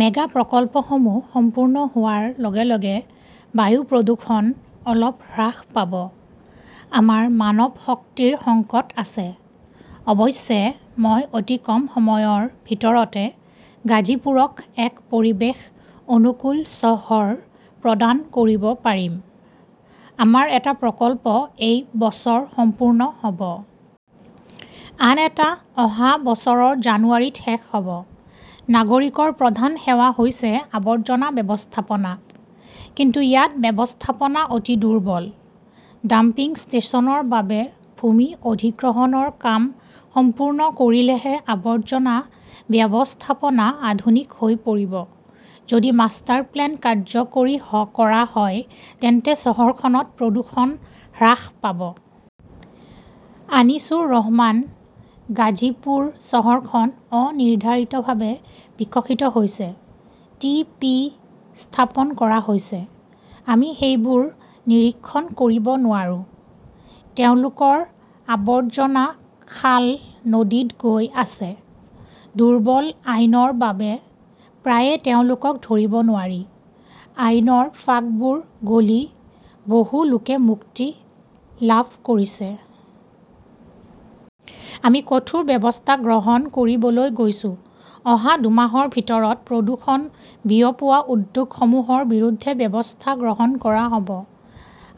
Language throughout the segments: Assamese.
মেগা প্ৰকল্পসমূহ সম্পূৰ্ণ হোৱাৰ লগে লগে বায়ু প্ৰদূষণ অলপ হ্ৰাস পাব। আমাৰ মানৱশক্তিৰ সংকট আছে। অৱশ্যে, মই অতি কম সময়ৰ ভিতৰতে গাজীপুৰক এক পৰিৱেশ অনুকূল চহৰ প্ৰদান কৰিব পাৰিম। আমাৰ এটা প্ৰকল্প এই বছৰ সম্পূৰ্ণ হ’ব। আন এটা অহা বছৰৰ জানুৱাৰীত শেষ হ’ব। নাগৰিকৰ প্ৰধান সেৱা হৈছে আৱৰ্জনা ব্যৱস্থাপনা। কিন্তু ইয়াত ব্যৱস্থাপনা অতি দুৰ্বল। ডাম্পিং ষ্টেচনৰ বাবে ভূমি অধিগ্ৰহণৰ কাম সম্পূৰ্ণ কৰিলেহে আৱৰ্জনা ব্যৱস্থাপনা আধুনিক হৈ পৰিব। যদি মাষ্টাৰপ্লেন কাৰ্যকৰী কৰা হয়, তেন্তে চহৰখনত প্ৰদূষণ হ্ৰাস পাব। আনিছুৰ ৰহমান গাজীপুৰ চহৰখন অনিৰ্ধাৰিতভাৱে বিকশিত হৈছে। টি পি স্থাপন কৰা হৈছে। আমি সেইবোৰ নিৰীক্ষণ কৰিব নোৱাৰোঁ। তেওঁলোকৰ আৱৰ্জনা খাল-নদীত গৈ আছে। দুৰ্বল আইনৰ বাবে প্ৰায়ে তেওঁলোকক ধৰিব নোৱাৰি। আইনৰ ফাঁকবোৰ গলি বহু লোকে মুক্তি লাভ কৰিছে। আমি কঠোৰ ব্যৱস্থা গ্ৰহণ কৰিবলৈ গৈছো। অহা দুমাহৰ ভিতৰত প্ৰদূষণ বিয়পোৱা উদ্যোগসমূহৰ বিৰুদ্ধে ব্যৱস্থা গ্ৰহণ কৰা হ’ব।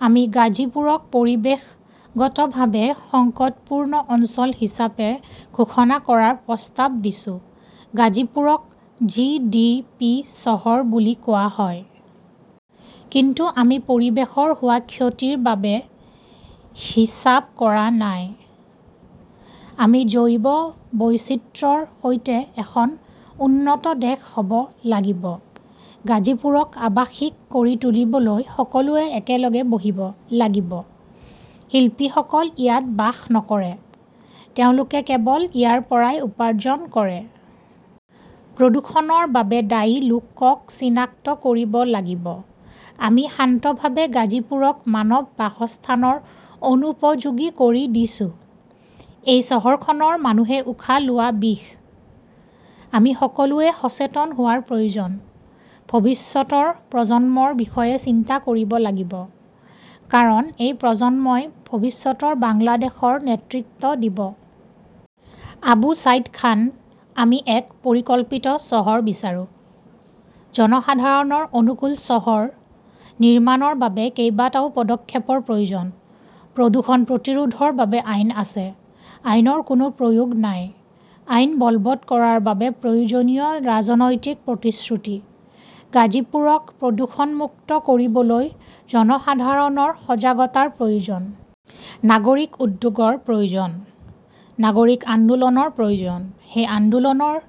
আমি গাজীপুৰক পৰিৱেশগতভাৱে সংকটপূৰ্ণ অঞ্চল হিচাপে ঘোষণা কৰাৰ প্ৰস্তাৱ দিছো। গাজীপুৰক জি ডি পি চহৰ বুলি কোৱা হয়। কিন্তু আমি পৰিৱেশৰ হোৱা ক্ষতিৰ বাবে হিসাব কৰা নাই। আমি জৈৱ বৈচিত্ৰ্যৰ সৈতে এখন উন্নত দেশ হ 'ব লাগিব। গাজীপুৰক আৱাসিক কৰি তুলিবলৈ সকলোৱে একেলগে বহিব লাগিব। শিল্পীসকল ইয়াত বাস নকৰে। তেওঁলোকে কেৱল ইয়াৰ পৰাই উপাৰ্জন কৰে। প্ৰদূষণৰ বাবে দায়ী লোকক চিনাক্ত কৰিব লাগিব। আমি শান্তভাৱে গাজীপুৰক মানৱ বাসস্থানৰ অনুপযোগী কৰি দিছো। এই চহৰখনৰ মানুহে উশাহ লোৱা বিষ। আমি সকলোৱে সচেতন হোৱাৰ প্ৰয়োজন। ভৱিষ্যতৰ প্ৰজন্মৰ বিষয়ে চিন্তা কৰিব লাগিব। কাৰণ এই প্ৰজন্মই ভৱিষ্যতৰ বাংলাদেশৰ নেতৃত্ব দিব। আবু ছাইদ খান আমি এখন পৰিকল্পিত চহৰ বিচাৰো। জনসাধাৰণৰ অনুকূল চহৰ নিৰ্মাণৰ বাবে কেইবাটাও পদক্ষেপৰ প্ৰয়োজন। প্ৰদূষণ প্ৰতিৰোধৰ বাবে আইন আছে। আইনৰ কোনো প্ৰয়োগ নাই। আইন বলৱৎ কৰাৰ বাবে প্ৰয়োজনীয় ৰাজনৈতিক প্ৰতিশ্ৰুতি। গাজীপুৰক প্ৰদূষণমুক্ত কৰিবলৈ জনসাধাৰণৰ সজাগতাৰ প্ৰয়োজন। নাগৰিক উদ্যোগৰ প্ৰয়োজন। নাগৰিক আন্দোলনৰ প্ৰয়োজন। সেই আন্দোলনৰ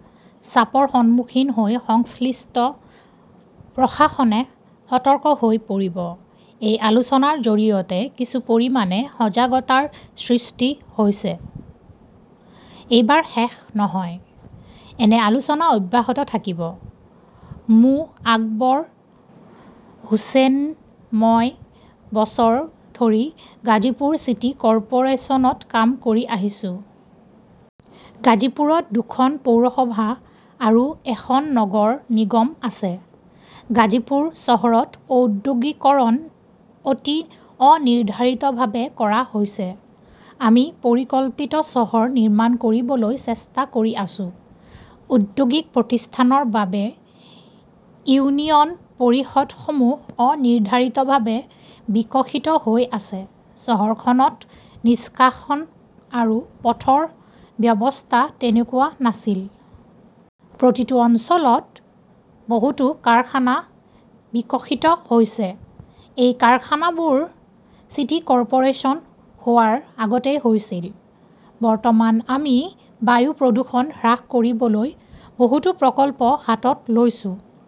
চাপৰ সন্মুখীন হৈ সংশ্লিষ্ট প্ৰশাসনে সতৰ্ক হৈ পৰিব। এই আলোচনাৰ জৰিয়তে কিছু পৰিমাণে সজাগতাৰ সৃষ্টি হৈছে। এইবাৰ শেষ নহয়। এনে আলোচনা অব্যাহত থাকিব। মো. আকবৰ হোসেন মই বছৰ ধৰি গাজীপুৰ চিটি কৰ্পোৰেছনত কাম কৰি আহিছো। গাজীপুৰত দুখন পৌৰসভা আৰু এখন নগৰ নিগম আছে। গাজীপুৰ চহৰত ঔদ্যোগিকৰণ অতি অনিৰ্ধাৰিতভাৱে কৰা হৈছে। আমি পৰিকল্পিত চহৰ নিৰ্মাণ কৰিবলৈ চেষ্টা কৰি আছো। ঔদ্যোগিক প্ৰতিষ্ঠানৰ বাবে ইউনিয়ন পৰিষদসমূহ অনিৰ্ধাৰিতভাৱে বিকশিত হৈ আছে। চহৰখনত নিষ্কাশন আৰু পথৰ ব্যৱস্থা তেনেকুৱা নাছিল। প্ৰতিটো অঞ্চলত বহুতো কাৰখানা বিকশিত হৈছে। এই কাৰখানাবোৰ চিটি কৰ্পোৰেচন হোৱাৰ আগতেই হৈছিল। বৰ্তমান আমি বায়ু প্ৰদূষণ হ্ৰাস কৰিবলৈ বহুতো প্ৰকল্প হাতত লৈছো।